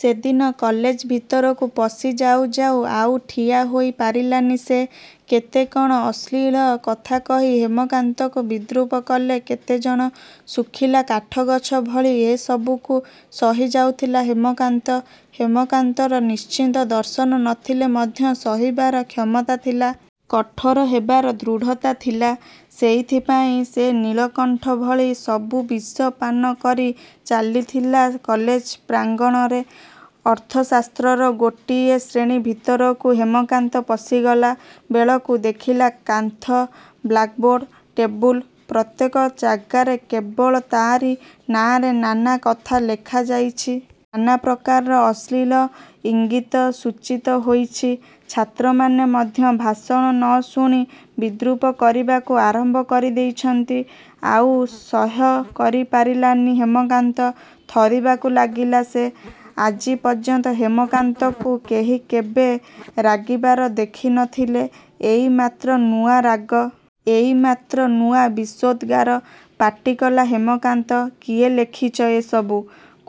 ସେଦିନ କଲେଜ ଭିତରକୁ ପଶିଯାଉ ଯାଉ ଆଉ ଠିଆ ହୋଇ ପାରିଲାନି ସେ। କେତେ କ'ଣ ଅଶ୍ଳୀଳ କଥା କହି ହେମକାନ୍ତକୁ ବିଦ୍ରୂପ କଲେ କେତେ ଜଣ। ଶୁଖିଲା କାଠଗଛ ଭଳି ଏସବୁକୁ ସହିଯାଉଥିଲା ହେମକାନ୍ତ। ହେମକାନ୍ତର ନିଶ୍ଚିତ ଦର୍ଶନ ନ ଥିଲେ ମଧ୍ୟ ସହିବାର କ୍ଷମତା ଥିଲା। କଠୋର ହେବାର ଦୃଢ଼ତା ଥିଲା। ସେଇଥିପାଇଁ ସେ ନୀଳକଣ୍ଠ ଭଳି ସବୁ ବିଷ ପାନ କରି ଚାଲିଥିଲା କଲେଜ ପ୍ରାଙ୍ଗଣରେ। ଅର୍ଥଶାସ୍ତ୍ରର ଗୋଟିଏ ଶ୍ରେଣୀ ଭିତରକୁ ହେମକାନ୍ତ ପଶିଗଲା। ବେଳକୁ ଦେଖିଲା କାନ୍ଥ, ବ୍ଲାକ୍‌ବୋର୍ଡ, ଟେବୁଲ, ପ୍ରତ୍ୟେକ ଜାଗାରେ କେବଳ ତା'ରି ନାଁରେ ନାନା କଥା ଲେଖାଯାଇଛି। ନାନା ପ୍ରକାରର ଅଶ୍ଳୀଳ ଇଙ୍ଗିତ ସୂଚିତ ହୋଇଛି। ଛାତ୍ରମାନେ ମଧ୍ୟ ଭାଷଣ ନ ଶୁଣି ବିଦ୍ରୂପ କରିବାକୁ ଆରମ୍ଭ କରିଦେଇଛନ୍ତି। ଆଉ ସହ୍ୟ କରି ପାରିଲାନି ହେମକାନ୍ତ। ଥରିବାକୁ ଲାଗିଲା ସେ। ଆଜି ପର୍ଯ୍ୟନ୍ତ ହେମକାନ୍ତକୁ କେହି କେବେ ରାଗିବାର ଦେଖି ନ ଥିଲେ। ଏଇ ମାତ୍ର ନୂଆ ରାଗ। ଏଇ ମାତ୍ର ନୂଆ ବିଷୋଦ୍‌ଗାର। ପାଟି କଲା ହେମକାନ୍ତକିଏ ଲେଖିଛ ଏ ସବୁ?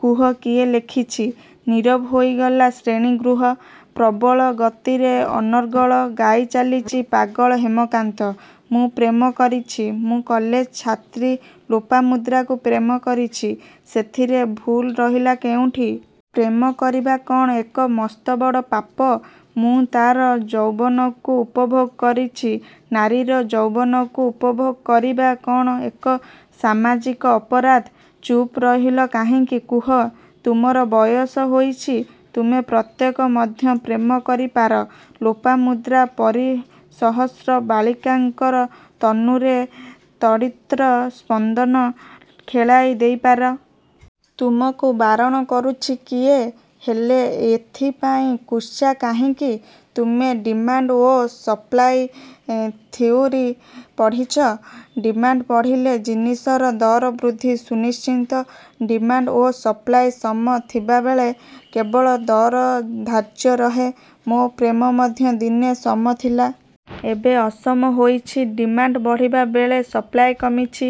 କୁହ, କିଏ ଲେଖିଛି? ନୀରବ ହୋଇଗଲା ଶ୍ରେଣୀଗୃହ। ପ୍ରବଳ ଗତିରେ ଅନର୍ଗଳ ଗାଇ ଚାଲିଚି ପାଗଳ ହେମକାନ୍ତ। ମୁଁ ପ୍ରେମ କରିଛି। ମୁଁ କଲେଜ ଛାତ୍ରୀ ଲୋପାମୁଦ୍ରାକୁ ପ୍ରେମ କରିଛି। ସେଥିରେ ଭୁଲ ରହିଲା କେଉଁଠି? ପ୍ରେମ କରିବା କ'ଣ ଏକ ମସ୍ତବଡ଼ ପାପ? ମୁଁ ତା'ର ଯୌବନକୁ ଉପଭୋଗ କରିଛି ନାରୀର ଯୌବନକୁ ଉପଭୋଗ କରିବା କ'ଣ ଏକ ସାମାଜିକ ଅପରାଧ? ଚୁପ୍ ରହିଲ କାହିଁକି, କୁହ? ତୁମର ବୟସ ହୋଇଛି। ତୁମେ ପ୍ରତ୍ୟେକ ମଧ୍ୟ ପ୍ରେମ କରିପାର। ଲୋପାମୁଦ୍ରା ପରି ସହସ୍ର ବାଳିକାଙ୍କର ତନୁରେ ତଡ଼ିତ୍ର ସ୍ପନ୍ଦନ ଖେଳାଇ ଦେଇପାର। ତୁମକୁ ବାରଣ କରୁଛି କିଏ? ହେଲେ ଏଥିପାଇଁ କୁତ୍ସା କାହିଁକି? ତୁମେ ଡିମାଣ୍ଡ ଓ ସପ୍ଲାଇ ଥିଓରୀ ପଢ଼ିଛ। ଡିମାଣ୍ଡ ବଢ଼ିଲେ ଜିନିଷର ଦର ବୃଦ୍ଧି ସୁନିଶ୍ଚିତ। ଡିମାଣ୍ଡ ଓ ସପ୍ଲାଇ ସମ ଥିବାବେଳେ କେବଳ ଦର ଧାର୍ଯ୍ୟ ରହେ। ମୋ ପ୍ରେମ ମଧ୍ୟ ଦିନେ ସମ ଥିଲା। ଏବେ ଅସମ ହୋଇଛି। ଡିମାଣ୍ଡ ବଢ଼ିବାବେଳେ ସପ୍ଲାଇ କମିଛି।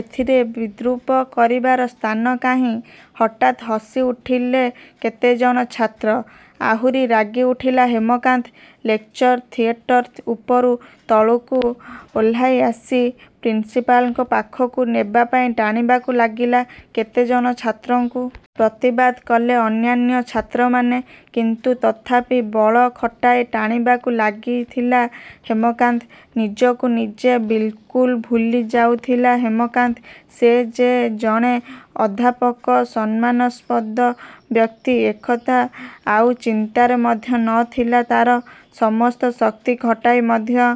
ଏଥିରେ ବିଦ୍ରୂପ କରିବାର ସ୍ଥାନ କାହିଁ?”ହଠାତ୍ ହସିଉଠିଲେ କେତେଜଣ ଛାତ୍ର। ଆହୁରି ରାଗି ଉଠିଲା ହେମକାନ୍ତ। ଲେକଚର ଥିଏଟର ଉପରୁ ତଳକୁ ଓହ୍ଲାଇ ଆସି ପ୍ରିନ୍ସିପାଲଙ୍କ ପାଖକୁ ନେବା ପାଇଁ ଟାଣିବାକୁ ଲାଗିଲା କେତେଜଣ ଛାତ୍ରଙ୍କୁ। ପ୍ରତିବାଦ କଲେ ଅନ୍ୟାନ୍ୟ ଛାତ୍ରମାନେ। କିନ୍ତୁ ତଥାପି ବଳ ଖଟାଇ ଟାଣିବାକୁ ଲାଗିଥିଲା ହେମକାନ୍ତ। ନିଜକୁ ନିଜେ ବିଲ୍‌କୁଲ୍ ଭୁଲି ଯାଉଥିଲା ହେମକାନ୍ତ। ସେ ଯେ ଜଣେ ଅଧ୍ୟାପକ, ସମ୍ମାନସ୍ପଦ ବ୍ୟକ୍ତି ଏକଥା ଆଉ ଚିନ୍ତାରେ ମଧ୍ୟ ନ ଥିଲା ତା'ର। ସମସ୍ତ ଶକ୍ତି ଖଟାଇ ମଧ୍ୟ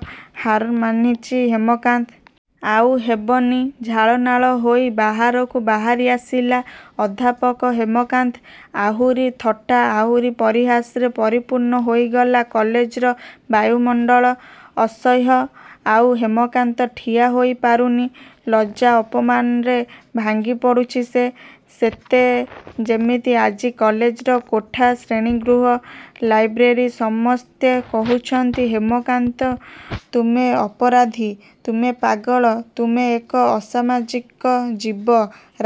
ହାର ମାନିଚି ହେମକାନ୍ତ। ଆଉ ହେବନି। ଝାଳନାଳ ହୋଇ ବାହାରକୁ ବାହାରି ଆସିଲା ଅଧ୍ୟାପକ ହେମକାନ୍ତ। ଆହୁରି ଥଟ୍ଟା, ଆହୁରି ପରିହାସରେ ପରିପୂର୍ଣ୍ଣ ହୋଇଗଲା କଲେଜର ବାୟୁମଣ୍ଡଳ। ଅସହ୍ୟ। ଆଉ ହେମକାନ୍ତ ଠିଆ ହୋଇପାରୁନି। ଲଜ୍ଜା, ଅପମାନରେ ଭାଙ୍ଗି ପଡ଼ୁଚି ସେ। ସତେ ଯେମିତି ଆଜି କଲେଜର କୋଠା, ଶ୍ରେଣୀଗୃହ, ଲାଇବ୍ରେରୀ ସମସ୍ତେ କୋହୁଛନ୍ତି ହେମକାନ୍ତ, ତୁମେ ଅପରାଧୀ, ତୁମେ ପାଗଳ, ତୁମେ ଏକ ଅସାମାଜିକ ଜୀବ।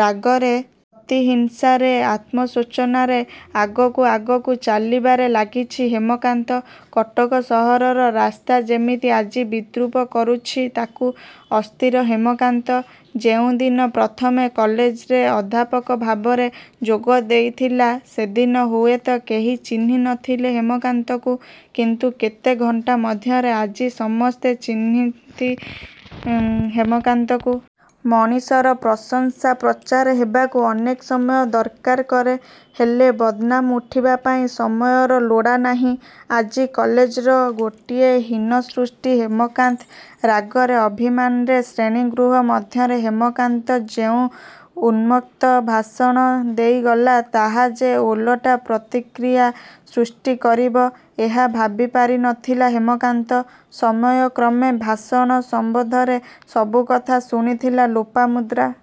ରାଗରେ, ପ୍ରତିହିଂସାରେ, ଆତ୍ମଶୋଚନାରେ ଆଗକୁ ଆଗକୁ ଚାଲିବାରେ ଲାଗିଛି ହେମକାନ୍ତ। କଟକ ସହରର ରାସ୍ତା ଯେମିତି ଆଜି ବିଦ୍ରୂପ କରୁଛି ତାକୁ। ଅସ୍ଥିର ହେମକାନ୍ତ। ଯେଉଁ ଦିନ ପ୍ରଥମେ କଲେଜରେ ଅଧ୍ୟାପକ ଭାବରେ ଯୋଗ ଦେଇଥିଲା, ସେଦିନ ହୁଏତ କେହି ଚିହ୍ନି ନ ଥିଲେ ହେମକାନ୍ତକୁ। କିନ୍ତୁ କେତେ ଘଣ୍ଟା ମଧ୍ୟରେ ଆଜି ସମସ୍ତେ ଚିହ୍ନିନ୍ତି ଏଁହେମକାନ୍ତକୁ। ମଣିଷର ପ୍ରଶଂସା ପ୍ରଚାର ହେବାକୁ ଅନେକ ସମୟ ଦରକାର କରେ। ହେଲେ ବଦନାମ ଉଠିବା ପାଇଁ ସମୟର ଲୋଡ଼ା ନାହିଁ। ଆଜି କଲେଜର ଗୋଟିଏ ହୀନ ସୃଷ୍ଟି ହେମକାନ୍ତ। ରାଗରେ, ଅଭିମାନରେ ଶ୍ରେଣୀଗୃହ ମଧ୍ୟରେ ହେମକାନ୍ତ ଯେଉଁ ଉନ୍ମତ୍ତ ଭାଷଣ ଦେଇଗଲା, ତାହା ଯେ ଓଲଟା ପ୍ରତିକ୍ରିୟା ସୃଷ୍ଟି କରିବ, ଏହା ଭାବିପାରି ନ ଥିଲା ହେମକାନ୍ତ। ସମୟକ୍ରମେ ଭାଷଣ ସମ୍ବନ୍ଧରେ ସବୁ କଥା ଶୁଣିଥିଲା ଲୋପାମୁଦ୍ରା।